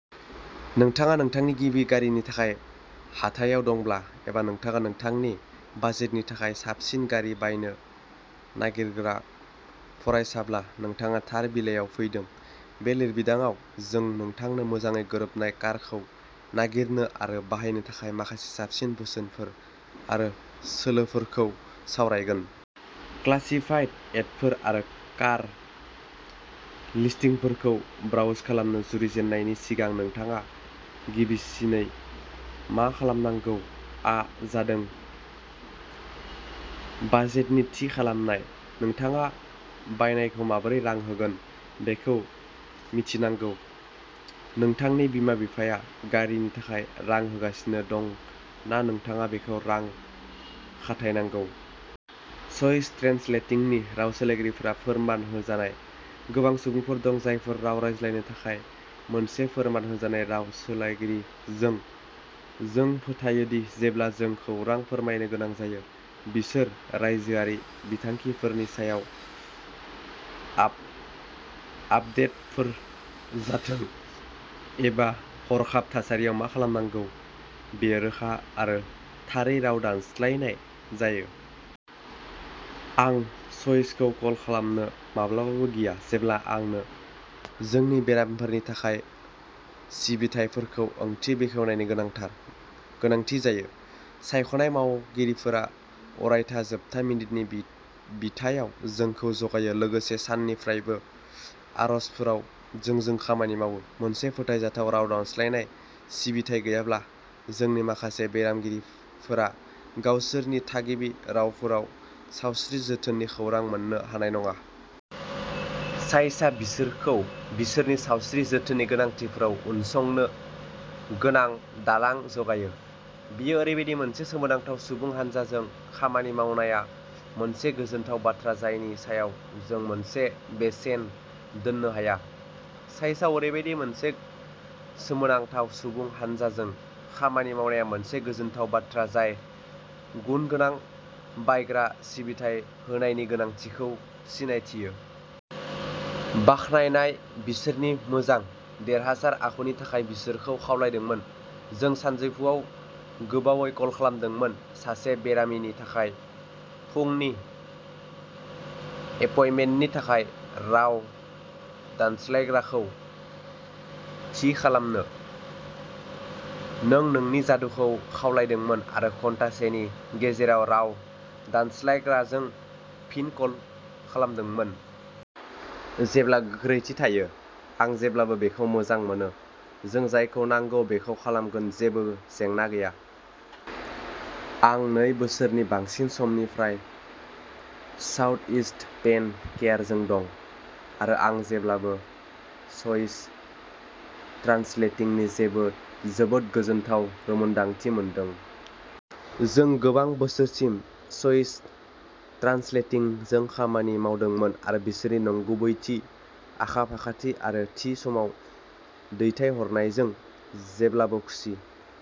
नोंथाङा नोंथांनि गिबि गारिनि थाखाय हाथायाव दंब्ला एबा नोंथाङा नोंथांनि बाजेटनि थाखाय साबसिन गारि बायनो नागिरग्रा फरायसाब्ला, नोंथाङा थार बिलाइयाव फैदों। बे लिरबिदांआव, जों नोंथांनो मोजाङै गोरोबनाय कारखौ नागिरनो आरो बायनो थाखाय माखासे साबसिन बोसोनफोर आरो सोलोफोरखौ सावरायगोन। क्लासिफाइड एडफोर आरो कार लिस्टिंफोरखौ ब्राउज खालामनो जुरिजेननायनि सिगां नोंथाङा गिबिसिनै मा खालामनांगौआ जादों बाजेट थि खालामनाय। नोंथाङा बायनायखौ माबोरै रां होगोन बेखौ मिथिनांगौ-नोंथांनि बिमा-बिफाया गारिनि थाखाय रां होगासिनो दं ना नोंथाङा बेखौ रां खाथायनांगौ। च'इस ट्रेन्सलेटिंनि राव सोलायगिरिफोरा फोरमान होजानाय। गोबां सुबुंफोर दं जाय रावफोर रायज्लायो, नाथाय मोनसे फोरमान होजानाय राव सोलायगिरिजों, जों फोथायो दि जेब्ला जों खौरां फोरमायनो गोनां जायो, बिसोर रायजोआरि बिथांखिफोरनि सायाव आपडेटफोर जाथों एबा हरखाब थासारियाव मा खालामनांगौ, बेयो रोखा आरो थारै राव दानस्लायनाय जायो। "" आं च'इसखौ कल खालामनो माब्लाबाबो गिया जेब्ला आंनो जोंनि बेरामिफोरनि थाखाय सिबिथायफोरखौ ओंथि बेखेवनायनि गोनांथार गोनांथि जायो। सायख'नाय मावगिरिफोरा अरायथा जोबथा मिनिटनि बिथायाव जोंखौ जगायो, लोगोसे सानफ्रोमबोनि आर'जफोराव जोंजों खामानि मावो। मोनसे फोथायजाथाव राव दानस्लायनाय सिबिथाइ गैयाब्ला, जोंनि माखासे बेरामिफोरा गावसोरनि थागिबि रावफोराव सावस्रि जोथोननि खौरां मोननो हानाय नङा। चाइसआ बिसोरखौ बिसोरनि सावस्रि जोथोननि गोनांथिफोराव उनसंनो गोनां दालां जगायो। बेयो ओरैबायदि मोनसे सोमोनांथाव सुबुं हानजाजों खामानि मावनाया मोनसे गोजोनथाव बाथ्रा जायनि सायाव जों मोनसे बेसेन दोन्नो हाया। चाइसआव ओरैबायदि मोनसे सोमोनांथाव सुबुं हानजाजों खामानि मावनाया मोनसे गोजोनथाव बाथ्रा जाय गुनगोनां बायग्रा सिबिथाइ होनायनि गोनांथिखौ सिनायथियो। बाखनायनाय। बिसोरनि मोजां, देरहासार आखुनि थाखाय बिसोरखौ खावलायदोंमोन। "जों सानजौफुआव गोबावै कल खालामदोंमोन सासे बेरामिनि थाखाय फुंनि एपइन्टमेन्टनि थाखाय राव दानस्लायग्राखौ थि खालामनो। नों नोंनि जादुखौ खालामदोंमोन आरो घन्टासेनि गेजेराव राव दानस्लायग्राजों फिन कल खालामदोंमोन। जेब्ला गोख्रैथि थायो, आं जेब्लाबो बेखौ मोजां मोनो, जों जायखौ नांगौ बेखौ खालामगोन-जेबो जेंना गैया। आं नै बोसोरनि बांसिन समनिफ्राय साउथइस्ट पेन केयारजों दं, आरो आं जेब्लाबो च'इस ट्रान्सलेटिंनि जोबोद गोजोनथाव रोंमोनदांथि मोनदों। " "जों गोबां बोसोरसिम च'इस ट्रान्सलेटिंजों खामानि मावदोंमोन आरो बिसोरनि नंगुबैथि, आखा-फाखाथि आरो थि समाव दैथायहरनायजों जेब्लाबो खुसि।